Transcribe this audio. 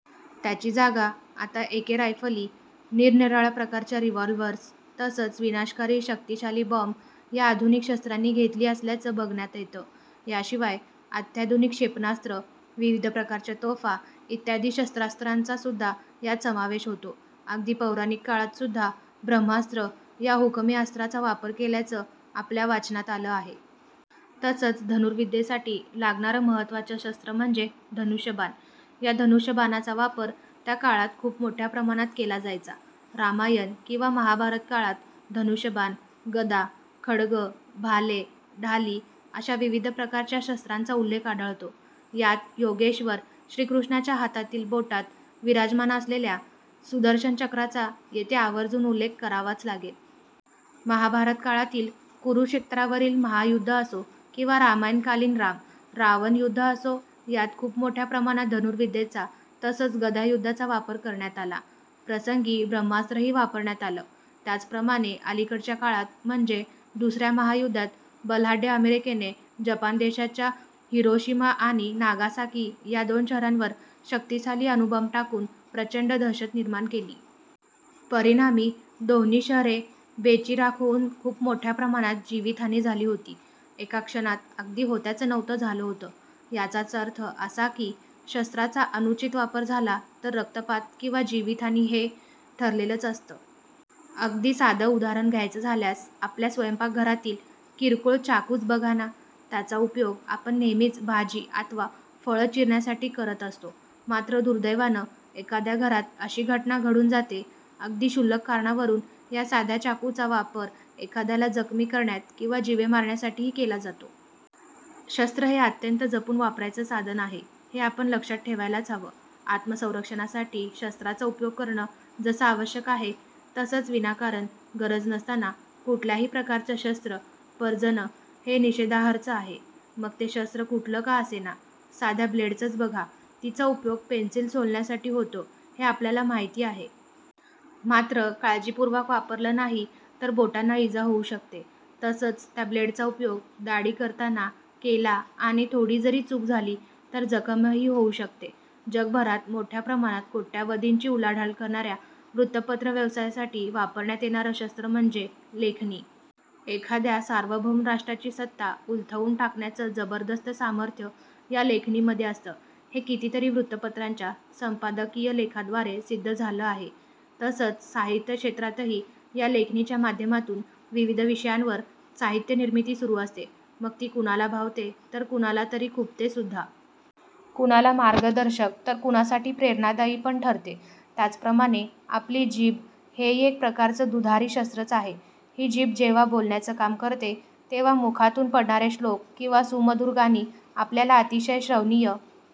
त्याची जागा आता ए. के. रायफली, निरनिराळ्या प्रकारच्या रिव्हॉल्वर्स तसंच विनाशकारी शक्तिशाली बॉम्ब या आधुनिक शस्त्रांनी घेतली असल्याचं बघण्यात येतं. याशिवाय अत्याधुनिक क्षेपणास्त्रं, विविध प्रकारच्या तोफा इत्यादी शस्त्रास्त्रांचा सुद्धा यात समावेश होतो. अगदी पौराणिक काळात सुद्धा ब्रह्मास्त्र या हुकमी अस्त्राचा वापर केल्याचं आपल्या वाचनात आलं आहे. तसंच धनुर्विद्येसाठी लागणारं महत्त्वाचं शस्त्र म्हणजे धनुष्यबाण. या धनुष्यबाणाचा वापर त्याकाळात खूप मोठ्या प्रमाणात केला जायचा. रामायण किंवा महाभारत काळात धनुष्यबाण, गदा, खड्ग, भाले, ढाली अशा विविध प्रकारच्या शस्त्रांचा उल्लेख आढळतो. यात योगेश्वर श्रीकृष्णाच्या हातातील बोटात विराजमान असलेल्या सुदर्शन चक्राचा येथे आवर्जून उल्लेख करावाच लागेल. महाभारत काळातील कुरुक्षेत्रावरील महायुद्ध असो किंवा रामायणकालीन राम, रावण युद्ध असो, यात खूप मोठ्या प्रमाणात धनुर्विद्येचा तसंच गदायुद्धाचा वापर करण्यात आला. प्रसंगी ब्रह्मास्त्रही वापरण्यात आलं. त्याचप्रमाणे अलीकडच्या काळात म्हणजे दुसऱ्या महायुद्धात बलाढ्य अमेरिकेने जपान देशाच्या हिरोशिमा आणि नागासाकी या दोन शहरांवर शक्तिशाली अणुबाँब टाकून प्रचंड दहशत निर्माण केली. परिणामी दोन्ही शहरे बेचिराख होऊन खूप मोठ्या प्रमाणात जीवितहानी झाली होती. एका क्षणात अगदी होत्याचं नव्हतं झालं होतं. याचाच अर्थ असा की शस्त्राचा अनुचित वापर झाला तर रक्तपात किंवा जीवितहानी हे ठरलेलंच असतं. अगदी साधं उदाहरण घ्यायचं झाल्यास आपल्या स्वयंपाकघरातील किरकोळ चाकूच बघा ना, त्याचा उपयोग आपण नेहमीच भाजी अथवा फळं चिरण्यासाठी करत असतो. मात्र दुर्दैवानं एखाद्या घरात अशी घटना घडून जाते, अगदी क्षुल्लक कारणावरून या साध्या चाकूचा वापर एखाद्याला जखमी करण्यात किंवा जीवे मारण्यासाठीही केला जातो. शस्त्र हे अत्यंत जपून वापरायचं साधन आहे, हे आपण लक्षात ठेवायलाच हवं. आत्मसंरक्षणासाठी शस्त्राचा उपयोग करणं जसं आवश्यक आहे, तसंच विनाकारण, गरज नसताना कुठल्याही प्रकारचं शस्त्र परजणं हे निषेधार्हच आहे. मग ते शस्त्र कुठलं का असेना, साध्या ब्लेडचंच बघा, तिचा उपयोग पेन्सिल सोलण्यासाठी होतो हे आपल्याला माहिती आहे. मात्र काळजीपूर्वक वापरलं नाही तर बोटांना इजा होऊ शकते. तसंच त्या ब्लेडचा उपयोग दाढी करताना केला आणि थोडी जरी चूक झाली तर जखमही होऊ शकते. जगभरात मोठ्या प्रमाणात कोट्यवधींची उलाढाल करणाऱ्या वृत्तपत्र व्यवसायासाठी वापरण्यात येणारं शस्त्र म्हणजे लेखणी. एखाद्या सार्वभौम राष्ट्राची सत्ता उलथवून टाकण्याचं जबरदस्त सामर्थ्य या लेखणीमध्ये असतं, हे कितीतरी वृत्तपत्रांच्या संपादकीय लेखाद्वारे सिद्ध झालं आहे. तसंच साहित्य क्षेत्रातही या लेखणीच्या माध्यमातून विविध विषयांवर साहित्य निर्मिती सुरू असते. मग ती कुणाला भावते तर कुणालातरी खुपते सुद्धा. कुणाला मार्गदर्शक तर कुणासाठी प्रेरणादायी पण ठरते. त्याचप्रमाणे आपली जीभ हेही एक प्रकारचं दुधारी शस्त्रच आहे. ही जीभ जेव्हा बोलण्याचं काम करते तेव्हा मुखातून पडणारे श्लोक किंवा सुमधुर गाणी आपल्याला अतिशय श्रवणीय